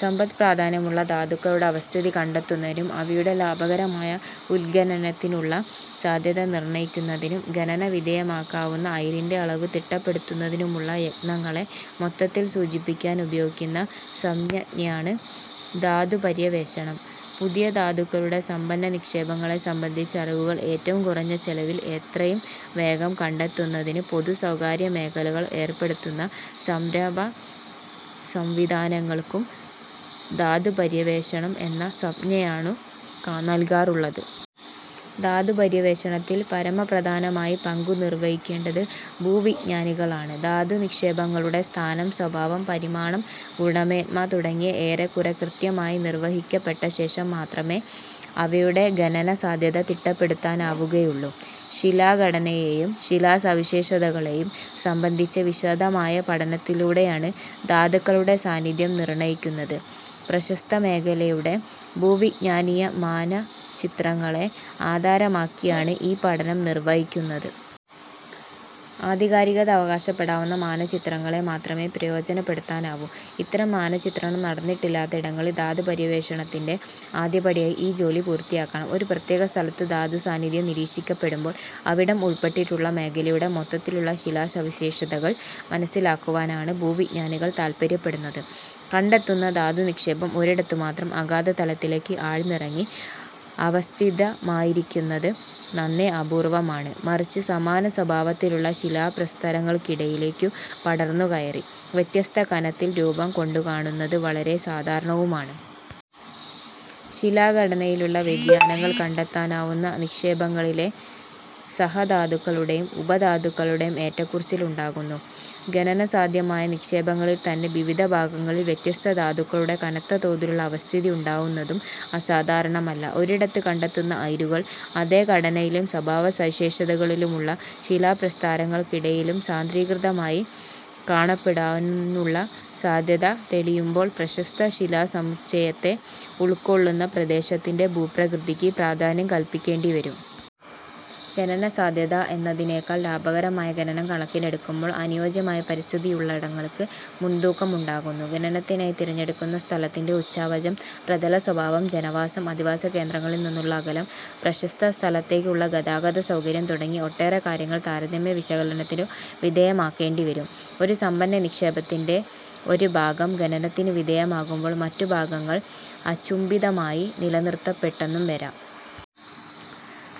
സമ്പദ്പ്രാധാന്യമുള്ള ധാതുക്കളുടെ അവസ്ഥിതി കണ്ടെത്തുന്നതിനും, അവയുടെ ലാഭകരമായ ഉത്ഖനനത്തിനുള്ള സാധ്യത നിർണയിക്കുന്നതിനും, ഖനന വിധേയമാക്കാവുന്ന അയിരിന്റെ അളവ് തിട്ടപ്പെടുത്തുന്നതിനുമുള്ള യത്നങ്ങളെ മൊത്തത്തിൽ സൂചിപ്പിക്കാൻ ഉപയോഗിക്കുന്ന സംജ്ഞയാണു ധാതുപര്യവേക്ഷണം. പുതിയ ധാതുക്കളുടെ സമ്പന്ന നിക്ഷേപങ്ങളെ സംബന്ധിച്ച അറിവുകൾ ഏറ്റവും കുറഞ്ഞ ചെലവിൽ എത്രയും വേഗം കണ്ടെത്തുന്നതിന് പൊതു-സ്വകാര്യ മേഖലകൾ ഏർപ്പെടുത്തുന്ന സംരംഭ-സംവിധാനങ്ങൾക്കും ധാതുപര്യവേക്ഷണം എന്ന സംജ്ഞയാണു നല്കാറുള്ളത്. ധാതുപര്യവേക്ഷണത്തിൽ പരമപ്രധാനമായ പങ്കു നിർവഹിക്കേണ്ടത് ഭൂവിജ്ഞാനികളാണ്. ധാതുനിക്ഷേപങ്ങളുടെ സ്ഥാനം, സ്വഭാവം, പരിമാണം, ഗുണമേന്മ തുടങ്ങിയവ ഏറെക്കുറെ കൃത്യമായി നിർവഹിക്കപ്പെട്ടശേഷം മാത്രമേ അവയുടെ ഖനന സാധ്യത തിട്ടപ്പെടുത്താനാവുകയുള്ളൂ. ശിലാഘടനയെയും ശിലാസവിശേഷതകളെയും സംബന്ധിച്ച വിശദമായ പഠനത്തിലൂടെയാണ് ധാതുക്കളുടെ സാന്നിധ്യം നിർണയിക്കുന്നത്. പ്രസക്തമേഖലയുടെ ഭൂവിജ്ഞാനീയ മാനചിത്രങ്ങളെ ആധാരമാക്കിയാണ് ഈ പഠനം നിർവഹിക്കുന്നത്. ആധികാരികത അവകാശപ്പെടാവുന്ന മാനചിത്രങ്ങളെ മാത്രമേ പ്രയോജനപ്പെടുത്താനാവൂ; ഇത്തരം മാനചിത്രണം നടന്നിട്ടില്ലാത്ത ഇടങ്ങളിൽ ധാതുപര്യവേക്ഷണത്തിന്റെ ആദ്യപടിയായി ഈ ജോലി പൂർത്തിയാക്കണം. ഒരു പ്രത്യേക സ്ഥലത്ത് ധാതുസാന്നിധ്യം നിരീക്ഷിക്കപ്പെടുമ്പോൾ അവിടം ഉൾപ്പെട്ടിട്ടുള്ള മേഖലയുടെ മൊത്തത്തിലുള്ള ശിലാസവിശേഷതകൾ മനസ്സിലാക്കുവാനാണ് ഭൂവിജ്ഞാനികൾ താത്പര്യപ്പെടുന്നത്. കണ്ടെത്തുന്ന ധാതുനിക്ഷേപം ഒരിടത്തുമാത്രം അഗാധതലത്തിലേക്ക് ആഴ്ന്നിറങ്ങി അവസ്ഥിതമായിരിക്കുന്നത് നന്നേ അപൂർവമാണ്; മറിച്ച് സമാന സ്വഭാവത്തിലുള്ള ശിലാപ്രസ്തരങ്ങൾക്കിടയിലേക്കു പടർന്നുകയറി, വ്യത്യസ്ത കനത്തിൽ രൂപം കൊണ്ടുകാണുന്നത് വളരെ സാധാരണവുമാണ്. ശിലാഘടനയിലുള്ള വ്യതിയാനങ്ങൾ കണ്ടെത്താവുന്ന നിക്ഷേപങ്ങളിലെ സഹധാതുക്കളുടെയും ഉപധാതുക്കളുടെയും ഏറ്റക്കുറച്ചിൽ ഉണ്ടാക്കുന്നു. ഖനനസാധ്യമായ നിക്ഷേപങ്ങളിൽത്തന്നെ വിവിധ ഭാഗങ്ങളിൽ വ്യത്യസ്ത ധാതുക്കളുടെ കനത്ത തോതിലുള്ള അവസ്ഥിതി ഉണ്ടാവുന്നതും അസാധാരണമല്ല. ഒരിടത്ത് കണ്ടെത്തുന്ന അയിരുകൾ അതേ ഘടനയിലും സ്വഭാവസവിശേഷതകളിലുമുള്ള ശിലാപ്രസ്തരങ്ങൾക്കടിയിലും സാന്ദ്രീകൃതമായി കാണപ്പെടുവാനുള്ള സാധ്യത തെളിയുമ്പോൾ പ്രസക്ത ശിലാസമുച്ചയത്തെ ഉൾക്കൊള്ളുന്ന പ്രദേശത്തിന്റെ ഭൂപ്രകൃതിക്ക് പ്രാധാന്യം കല്പിക്കേണ്ടിവരും. ഖനനസാധ്യത എന്നതിനെക്കാൾ, ലാഭകരമായ ഖനനം കണക്കിലെടുക്കുമ്പോൾ അനുയോജ്യമായ പരിസ്ഥിതിയുള്ളയിടങ്ങൾക്ക് മുൻതൂക്കമുണ്ടാകുന്നു. ഖനനത്തിനായി തിരഞ്ഞെടുക്കുന്ന സ്ഥലത്തിന്റെ ഉച്ചാവചം, പ്രതല സ്വഭാവം, ജനവാസം, അധിവാസകേന്ദ്രങ്ങളിൽനിന്നുള്ള അകലം, പ്രസക്തസ്ഥലത്തേക്കുള്ള ഗതാഗത സൌകര്യം തുടങ്ങി ഒട്ടേറെ കാര്യങ്ങൾ താരതമ്യ വിശകലനത്തിനു വിധേയമാക്കേണ്ടിവരും. ഒരു സമ്പന്ന നിക്ഷേപത്തിന്റെ ഒരു ഭാഗം ഖനനത്തിനു വിധേയമാകുമ്പോൾ മറ്റു ഭാഗങ്ങൾ അചുംബിതമായി നിലനിർത്തപ്പെട്ടെന്നും വരാം.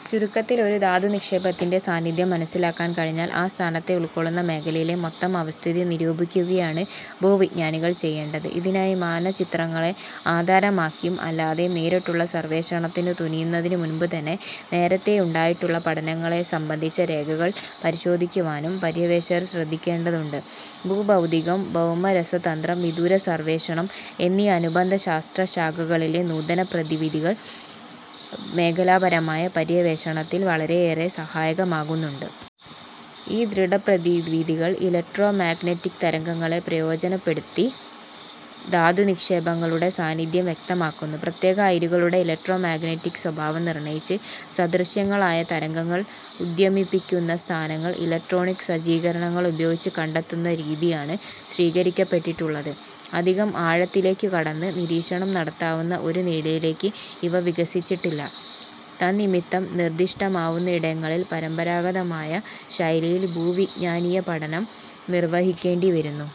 ചുരുക്കത്തിൽ ഒരു ധാതുനിക്ഷേപത്തിന്റെ സാന്നിധ്യം മനസ്സിലാക്കാൻ കഴിഞ്ഞാൽ ആ സ്ഥാനത്തെ ഉൾക്കൊള്ളുന്ന മേഖലയിലെ മൊത്തം അവസ്ഥിതി നിരൂപിക്കുകയാണ് ഭൂവിജ്ഞാനികൾ ചെയ്യേണ്ടത്. ഇതിനായി, മാനചിത്രങ്ങളെ ആധാരമാക്കിയും അല്ലാതെയും നേരിട്ടുള്ള സർവേഷണത്തിനു തുനിയുന്നതിനുമുമ്പുതന്നെ, നേരത്തേയുണ്ടായിട്ടുള്ള പഠനങ്ങളെ സംബന്ധിച്ച രേഖകൾ പരിശോധിക്കുവാനും പര്യവേക്ഷകർ ശ്രദ്ധിക്കേണ്ടതുണ്ട്. ഭൂഭൗതികം, ഭൗമരസതന്ത്രം, വിദൂര സർവേഷണം എന്നീ അനുബന്ധ ശാസ്ത്രശാഖകളിലെ നൂതന പ്രവിധികൾ മേഖലാപരമായ പര്യവേക്ഷണത്തിൽ വളരെയേറെ സഹായകമാകുന്നുണ്ട്. ഈദൃശ പ്രവിധികൾ ഇലക്ട്രോമാഗ്നറ്റിക് തരംഗങ്ങളെ പ്രയോജനപ്പെടുത്തി, ധാതുനിക്ഷേപങ്ങളുടെ സാന്നിധ്യം വ്യക്തമാക്കുന്നു. പ്രത്യേക അയിരുകളുടെ ഇലക്ട്രോമാഗ്നറ്റിക സ്വഭാവം നിർണയിച്ച്, സദൃശങ്ങളായ തരംഗങ്ങൾ ഉദ്വമിപ്പിക്കുന്ന സ്ഥാനങ്ങൾ ഇലക്ട്രോണിക സജ്ജീകരണങ്ങളുപയോഗിച്ചു കണ്ടെത്തുന്ന രീതിയാണ് സ്വീകരിക്കപ്പെട്ടിട്ടുള്ളത്. അധികം ആഴത്തിലേക്കു കടന്ന് നിരീക്ഷണം നടത്താവുന്ന ഒരു നിലയിലേക്ക് ഇവ വികസിച്ചിട്ടില്ല. തന്നിമിത്തം നിർദിഷ്ടമാവുന്നയിടങ്ങളിൽ പരമ്പരാഗതമായ ശൈലിയിൽ ഭൂവിജ്ഞാനീയ പഠനം നിർവഹിക്കേണ്ടിവരുന്നു.